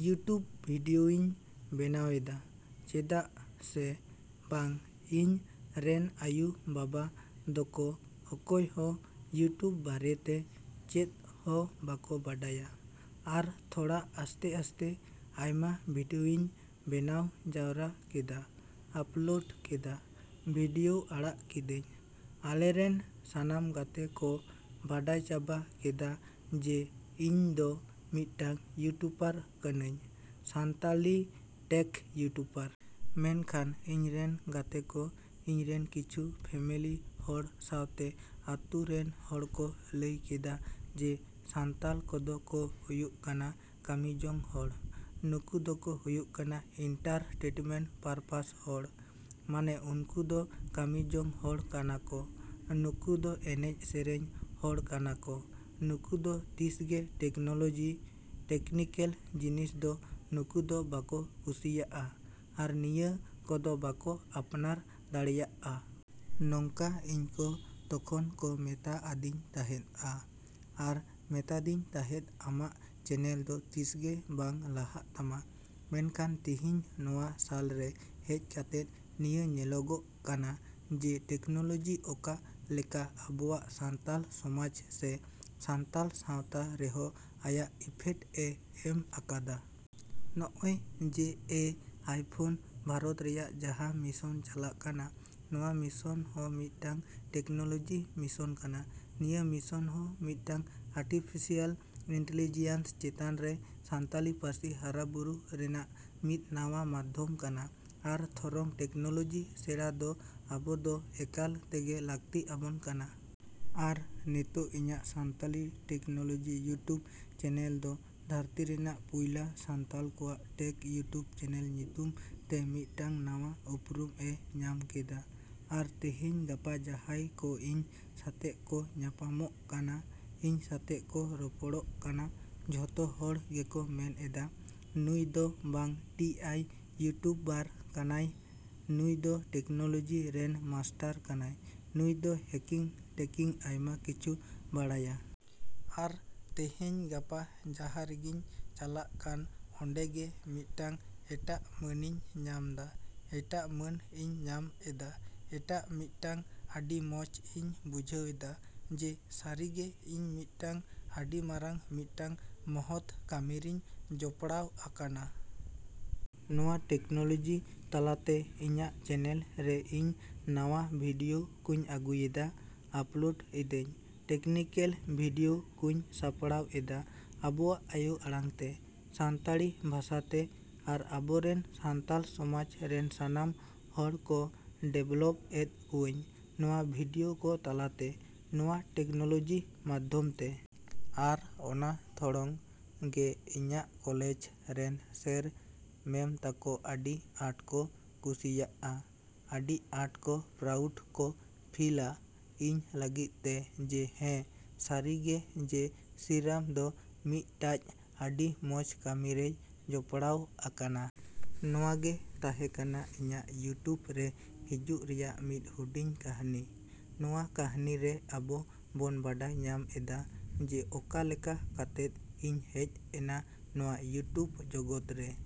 "YouTube ᱵᱷᱤᱰᱭᱳᱧ ᱵᱮᱱᱟᱣᱮᱫᱟ ᱪᱮᱫᱟᱜ ᱥᱮ ᱵᱟᱝ ᱤᱧ ᱨᱮᱱ ᱟᱭᱩ ᱵᱟᱵᱟ ᱫᱚᱠᱚ ᱚᱠᱚᱭᱦᱚᱸ ᱤᱭᱩᱴᱩᱵᱽ ᱵᱟᱨᱮᱛᱮ ᱪᱮᱫ ᱦᱚᱸ ᱵᱟᱠᱚ ᱵᱟᱰᱟᱭᱟ᱾ ᱟᱨ ᱛᱷᱚᱲᱟ ᱟᱥᱛᱮᱼᱟᱥᱛᱮ ᱟᱭᱢᱟ ᱵᱷᱤᱰᱭᱳᱧ ᱵᱮᱱᱟᱣ ᱡᱟᱣᱨᱟ ᱠᱮᱫᱟ, ᱟᱯᱞᱳᱰ ᱠᱮᱫᱟ, ᱵᱷᱤᱰᱭᱳ ᱟᱲᱟᱜ ᱠᱮᱫᱟᱹᱧ᱾ ᱟᱞᱮ ᱨᱮᱱ ᱥᱟᱱᱟᱢ ᱜᱟᱛᱮ ᱠᱚ ᱵᱟᱰᱟᱭ ᱪᱟᱵᱟ ᱠᱮᱫᱟ ᱡᱮ ᱤᱧ ᱫᱚ ᱢᱤᱫᱴᱟᱹᱝ ᱤᱭᱩᱴᱩᱵᱟᱨ ᱠᱟᱱᱟᱧ, ᱥᱟᱱᱛᱟᱞᱤ ᱴᱮᱠ ᱤᱭᱩᱴᱩᱵᱟᱨ᱾ ᱢᱮᱱᱠᱷᱟᱱ ᱤᱧ ᱨᱮᱱ ᱜᱟᱛᱮ ᱠᱚ, ᱤᱧᱨᱮᱱ ᱠᱤᱪᱷᱩ ᱯᱷᱮᱢᱮᱞᱤ ᱦᱚᱲ ᱥᱟᱶᱛᱮ ᱟᱹᱛᱩ ᱨᱮᱱ ᱦᱚᱲ ᱠᱚ ᱞᱟᱹᱭ ᱠᱮᱫᱟ ᱡᱮ ᱥᱟᱱᱛᱟᱞ ᱠᱚᱫᱚ ᱠᱚ ᱦᱩᱭᱩᱜ ᱠᱟᱱᱟ ᱠᱟᱹᱢᱤ ᱡᱚᱝ ᱦᱚᱲ, ᱱᱩᱠᱩ ᱫᱚᱠᱚ ᱦᱩᱭᱩᱜ ᱠᱟᱱᱟ ᱤᱱᱴᱟᱨᱴᱮᱱᱢᱮᱱᱴ ᱯᱟᱨᱯᱟᱥ ᱦᱚᱲ᱾ ᱢᱟᱱᱮ ᱩᱱᱠᱩ ᱫᱚ ᱠᱟᱹᱢᱤ ᱡᱚᱝ ᱦᱚᱲ ᱠᱟᱱᱟ ᱠᱚ, ᱱᱩᱠᱩ ᱫᱚ ᱮᱱᱮᱡ ᱥᱮᱨᱮᱧ ᱦᱚᱲ ᱠᱟᱱᱟ ᱠᱚ, ᱱᱩᱠᱩ ᱫᱚ ᱛᱤᱸᱥᱜᱮ ᱴᱮᱠᱱᱳᱞᱚᱡᱤ, ᱴᱮᱠᱱᱤᱠᱮᱞ ᱡᱤᱱᱤᱥ ᱫᱚ ᱱᱩᱠᱩ ᱫᱚ ᱵᱟᱠᱚ ᱠᱩᱥᱤᱭᱟᱜᱼᱟ ᱟᱨ ᱱᱤᱭᱟᱹ ᱠᱚᱫᱚ ᱵᱟᱠᱚ ᱟᱯᱱᱟᱨ ᱫᱟᱲᱮᱭᱟᱜᱼᱟ᱾ ᱱᱚᱝᱠᱟ ᱤᱧ ᱠᱚ ᱛᱚᱠᱷᱚᱱ ᱠᱚ ᱢᱮᱛᱟ ᱟᱫᱤᱧ ᱛᱟᱦᱮᱸᱫᱼᱟ ᱟᱨ ᱢᱮᱛᱟᱫᱤᱧ ᱛᱟᱦᱮᱸᱫ ᱟᱢᱟᱜ ᱪᱮᱱᱮᱞ ᱫᱚ ᱛᱤᱸᱥᱜᱮ ᱵᱟᱝ ᱞᱟᱦᱟᱜ ᱛᱟᱢᱟ᱾ ᱢᱮᱱᱠᱷᱟᱱ ᱛᱤᱸᱦᱤᱧ ᱱᱚᱶᱟ ᱥᱟᱞᱨᱮ ᱦᱮᱡ ᱠᱟᱛᱮᱫ ᱱᱤᱭᱟᱹ ᱧᱮᱞᱚᱜᱚᱜ ᱠᱟᱱᱟ ᱡᱮ ᱴᱮᱠᱱᱳᱞᱚᱡᱤ ᱚᱠᱟ ᱞᱮᱠᱟ ᱟᱵᱚᱣᱟᱜ ᱥᱟᱱᱛᱟᱞ ᱥᱚᱢᱟᱡ ᱥᱮ ᱥᱟᱶᱛᱟᱞ ᱥᱟᱶᱛᱟ ᱨᱮᱦᱚᱸ ᱟᱭᱟᱜ ᱤᱯᱷᱮᱠᱴ ᱮ ᱮᱢ ᱟᱠᱟᱫᱟ᱾ ᱱᱚᱜᱼᱚᱭ ᱡᱮ ᱮ ᱟᱭ ᱯᱷᱳᱨ ᱵᱷᱟᱨᱚᱛ ᱨᱮᱭᱟᱜ ᱡᱟᱦᱟᱸ ᱢᱤᱥᱚᱱ ᱪᱟᱞᱟᱜ ᱠᱟᱱᱟ, ᱱᱚᱣᱟ ᱢᱤᱥᱚᱱ ᱦᱚᱸ ᱢᱤᱫᱴᱟᱹᱝ ᱴᱮᱠᱱᱳᱞᱚᱡᱤ ᱢᱤᱥᱚᱱ ᱠᱟᱱᱟ᱾ ᱱᱤᱭᱟᱹ ᱢᱤᱥᱚᱱ ᱦᱚᱸ ᱢᱤᱫᱴᱟᱹᱝ ᱟᱨᱴᱤᱯᱷᱤᱥᱤᱭᱟᱞ ᱤᱱᱴᱤᱞᱤᱡᱤᱭᱟᱱᱥ ᱪᱮᱛᱟᱱᱨᱮ ᱥᱟᱱᱛᱟᱞᱤ ᱯᱟᱹᱨᱥᱤ ᱦᱟᱨᱟ ᱵᱩᱨᱩ ᱨᱮᱱᱟᱜ ᱢᱤᱫ ᱱᱟᱣᱟ ᱢᱟᱫᱽᱫᱷᱚᱢ ᱠᱟᱱᱟ ᱟᱨ ᱛᱷᱚᱨᱚᱝ ᱴᱮᱠᱱᱳᱞᱚᱡᱤ ᱥᱮᱸᱲᱟ ᱫᱚ ᱟᱵᱚ ᱫᱚ ᱮᱠᱟᱞ ᱛᱮᱜᱮ ᱞᱟᱹᱠᱛᱤ ᱟᱵᱚᱱ ᱠᱟᱱᱟ᱾ ᱟᱨ ᱱᱤᱛᱚᱜ ᱤᱧᱟᱹᱜ ᱥᱟᱱᱛᱟᱞᱤ ᱴᱮᱠᱱᱳᱞᱚᱡᱤ ᱤᱭᱩᱴᱩᱵᱽ ᱪᱮᱱᱮᱞ ᱫᱚ ᱫᱷᱟᱹᱨᱛᱤ ᱨᱮᱱᱟᱜ ᱯᱩᱭᱞᱟᱹ ᱥᱟᱱᱛᱟᱞ ᱠᱚᱣᱟᱜ ᱴᱮᱠ ᱤᱭᱩᱴᱩᱵ ᱪᱮᱱᱮᱞ ᱧᱩᱛᱩᱢ ᱛᱮ ᱢᱤᱫᱴᱟᱹᱝ ᱱᱟᱣᱟ ᱩᱯᱨᱩᱢ ᱮ ᱧᱟᱢ ᱠᱮᱫᱟ᱾ ᱟᱨ ᱛᱮᱦᱤᱧ ᱜᱟᱯᱟ ᱡᱟᱦᱟᱸᱭ ᱠᱚ ᱤᱧ ᱥᱟᱛᱮᱜ ᱠᱚ ᱧᱟᱯᱟᱢᱚᱜ ᱠᱟᱱᱟ, ᱤᱧ ᱥᱟᱛᱮᱜ ᱠᱚ ᱨᱚᱯᱚᱲ ᱠᱟᱱᱟ, ᱡᱚᱛᱚ ᱦᱚᱲ ᱜᱮᱠᱚ ᱢᱮᱱ ᱮᱫᱟ, ""ᱱᱩᱭ ᱫᱚ ᱵᱟᱝ ᱴᱤ ᱟᱭ ᱤᱭᱩᱴᱩᱵᱟᱨ ᱠᱟᱱᱟᱭ, ᱱᱩᱭ ᱫᱚ ᱴᱮᱠᱱᱳᱞᱚᱡᱤ ᱨᱮᱱ ᱢᱟᱥᱴᱟᱨ ᱠᱟᱱᱟᱭ, ᱱᱩᱭ ᱫᱚ ᱦᱮᱠᱤᱝ ᱴᱮᱠᱤᱝ ᱟᱭᱢᱟ ᱠᱤᱪᱷᱩ ᱵᱟᱲᱟᱭᱟ᱾"" ᱟᱨ ᱛᱮᱦᱤᱧ ᱜᱟᱯᱟ ᱡᱟᱦᱟᱸ ᱨᱮᱜᱤᱧ ᱪᱟᱞᱟᱜ ᱠᱟᱱ ᱚᱰᱮ ᱜᱮ ᱢᱤᱫᱴᱟᱹᱝ ᱮᱴᱟᱜ ᱢᱟᱱᱤᱧ ᱧᱟᱢᱫᱟ, ᱮᱴᱟᱜ ᱢᱟᱹᱱ ᱤᱧ ᱧᱟᱢ ᱮᱫᱟ, ᱮᱴᱟᱜ ᱢᱤᱫᱴᱟᱹᱝ ᱟᱹᱰᱤ ᱢᱚᱸᱡ ᱤᱧ ᱵᱩᱡᱷᱟᱹᱣᱮᱫᱟ ᱡᱮ ᱥᱟᱹᱨᱤᱜᱮ ᱤᱧ ᱢᱤᱫᱴᱟᱹᱝ ᱟᱹᱰᱤ ᱢᱟᱨᱟᱝ ᱢᱤᱫᱴᱟᱹᱝ ᱢᱚᱦᱚᱛ ᱠᱟᱹᱢᱤᱨᱤᱧ ᱡᱚᱯᱲᱟᱣ ᱟᱠᱟᱱᱟ᱾ ᱱᱚᱣᱟ ᱴᱮᱠᱱᱳᱞᱚᱡᱤ ᱛᱟᱞᱟᱛᱮ ᱤᱧᱟᱹᱜ ᱪᱮᱱᱮᱞ ᱨᱮ ᱤᱧ ᱱᱟᱣᱟ ᱵᱷᱤᱰᱭᱳ ᱠᱚᱸᱧ ᱟᱹᱜᱩᱭᱮᱫᱟ, ᱟᱯᱞᱳᱰ ᱮᱫᱟᱹᱧ, ᱴᱮᱠᱱᱤᱠᱮᱞ ᱵᱷᱤᱰᱤᱭᱳ ᱠᱚᱸᱧ ᱥᱟᱯᱲᱟᱣ ᱮᱫᱟ ᱟᱵᱚᱣᱟᱜ ᱟᱭᱳ ᱟᱲᱟᱝᱛᱮ, ᱥᱟᱱᱛᱟᱲᱤ ᱵᱷᱟᱥᱟᱛᱮ ᱟᱨ ᱟᱵᱚ ᱨᱮᱱ ᱥᱟᱱᱛᱟᱞ ᱥᱚᱢᱟᱡᱽ ᱨᱮᱱ ᱥᱟᱱᱟᱢ ᱦᱚᱲ ᱠᱚ ᱰᱮᱵᱷᱞᱚᱯ ᱮᱫ ᱠᱚᱣᱟᱹᱧ ᱱᱚᱣᱟ ᱵᱷᱤᱰᱭᱳ ᱠᱚ ᱛᱟᱞᱟᱛᱮ, ᱱᱚᱣᱟ ᱴᱮᱠᱱᱳᱞᱚᱡᱤ ᱢᱟᱫᱽᱫᱷᱚᱢᱛᱮ᱾ ᱟᱨ ᱚᱱᱟ ᱛᱷᱚᱲᱚᱝ ᱜᱮ ᱤᱧᱟᱹᱜ ᱠᱚᱞᱮᱡᱽ ᱨᱮᱱ ᱥᱮᱨ, ᱢᱮᱢ ᱛᱟᱠᱚ ᱟᱹᱰᱤ ᱟᱸᱴ ᱠᱚ ᱠᱩᱥᱤᱭᱟᱜᱼᱟ, ᱟᱹᱰᱤ ᱟᱸᱴ ᱠᱚ ᱯᱨᱟᱩᱰ ᱠᱚ ᱯᱷᱤᱞᱼᱟ ᱤᱧ ᱞᱟᱹᱜᱤᱫ ᱛᱮ ᱡᱮ ᱦᱮᱸ ᱥᱟᱹᱨᱤᱜᱮ ᱡᱮ ᱥᱨᱤᱨᱟᱢ ᱫᱚ ᱢᱤᱫᱴᱟᱹᱡ ᱟᱹᱰᱤ ᱢᱚᱸᱡ ᱠᱟᱹᱢᱤᱨᱮᱭ ᱡᱚᱯᱲᱟᱣ ᱟᱠᱟᱱᱟ᱾ ᱱᱚᱣᱟᱜᱮ ᱛᱟᱦᱮᱸ ᱠᱟᱱᱟ ᱤᱧᱟᱹᱜ ᱤᱭᱩᱴᱩᱵᱽ ᱨᱮ ᱦᱤᱡᱩᱜ ᱨᱮᱭᱟᱜ ᱢᱤᱫ ᱦᱩᱰᱤᱧ ᱠᱟᱹᱦᱱᱤ᱾ ᱱᱚᱣᱟ ᱠᱟᱹᱦᱤᱱᱤᱨᱮ ᱟᱵᱚ ᱵᱚᱱ ᱵᱟᱲᱟᱭ ᱧᱟᱢ ᱮᱫᱟ ᱡᱮ ᱚᱠᱟ ᱞᱮᱠᱟ ᱠᱟᱛᱮᱫ ᱤᱧ ᱦᱮᱡ ᱮᱱᱟ ᱱᱚᱣᱟ ᱤᱭᱩᱴᱤᱣᱩᱵᱽ ᱡᱚᱜᱚᱛ ᱨᱮ᱾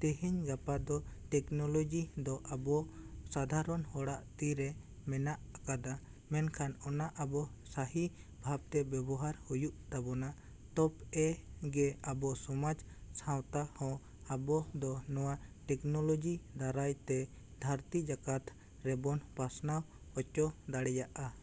ᱛᱮᱦᱮᱧ ᱜᱟᱯᱟ ᱫᱚ ᱴᱮᱠᱱᱳᱞᱚᱡᱤ ᱫᱚ ᱟᱵᱚ ᱥᱟᱫᱷᱟᱨᱚᱱ ᱦᱚᱲᱟᱜ ᱛᱤᱨᱮ ᱢᱮᱱᱟᱜ ᱟᱠᱟᱫᱟ ᱢᱮᱱᱠᱷᱟᱱ ᱚᱱᱟ ᱟᱵᱚ ᱥᱟᱦᱤ ᱵᱷᱟᱵᱮ ᱵᱮᱵᱚᱦᱟᱨ ᱦᱩᱭᱩᱜ ᱛᱟᱵᱚᱱᱟ ᱛᱚᱵ ᱮ ᱜᱮ ᱟᱵᱚ ᱥᱚᱢᱟᱡ ᱥᱟᱶᱛᱟ ᱦᱚᱸ ᱟᱵᱚ ᱫᱚ ᱱᱚᱣᱟ ᱴᱮᱠᱱᱳᱞᱚᱡᱤ ᱫᱟᱨᱟᱭ ᱛᱮ ᱫᱷᱟᱹᱨᱛᱤ ᱡᱟᱠᱟᱛ ᱨᱮᱵᱚᱱ ᱯᱟᱥᱱᱟᱣ ᱚᱪᱚ ᱫᱟᱲᱮᱭᱟᱜᱼᱟ᱾।"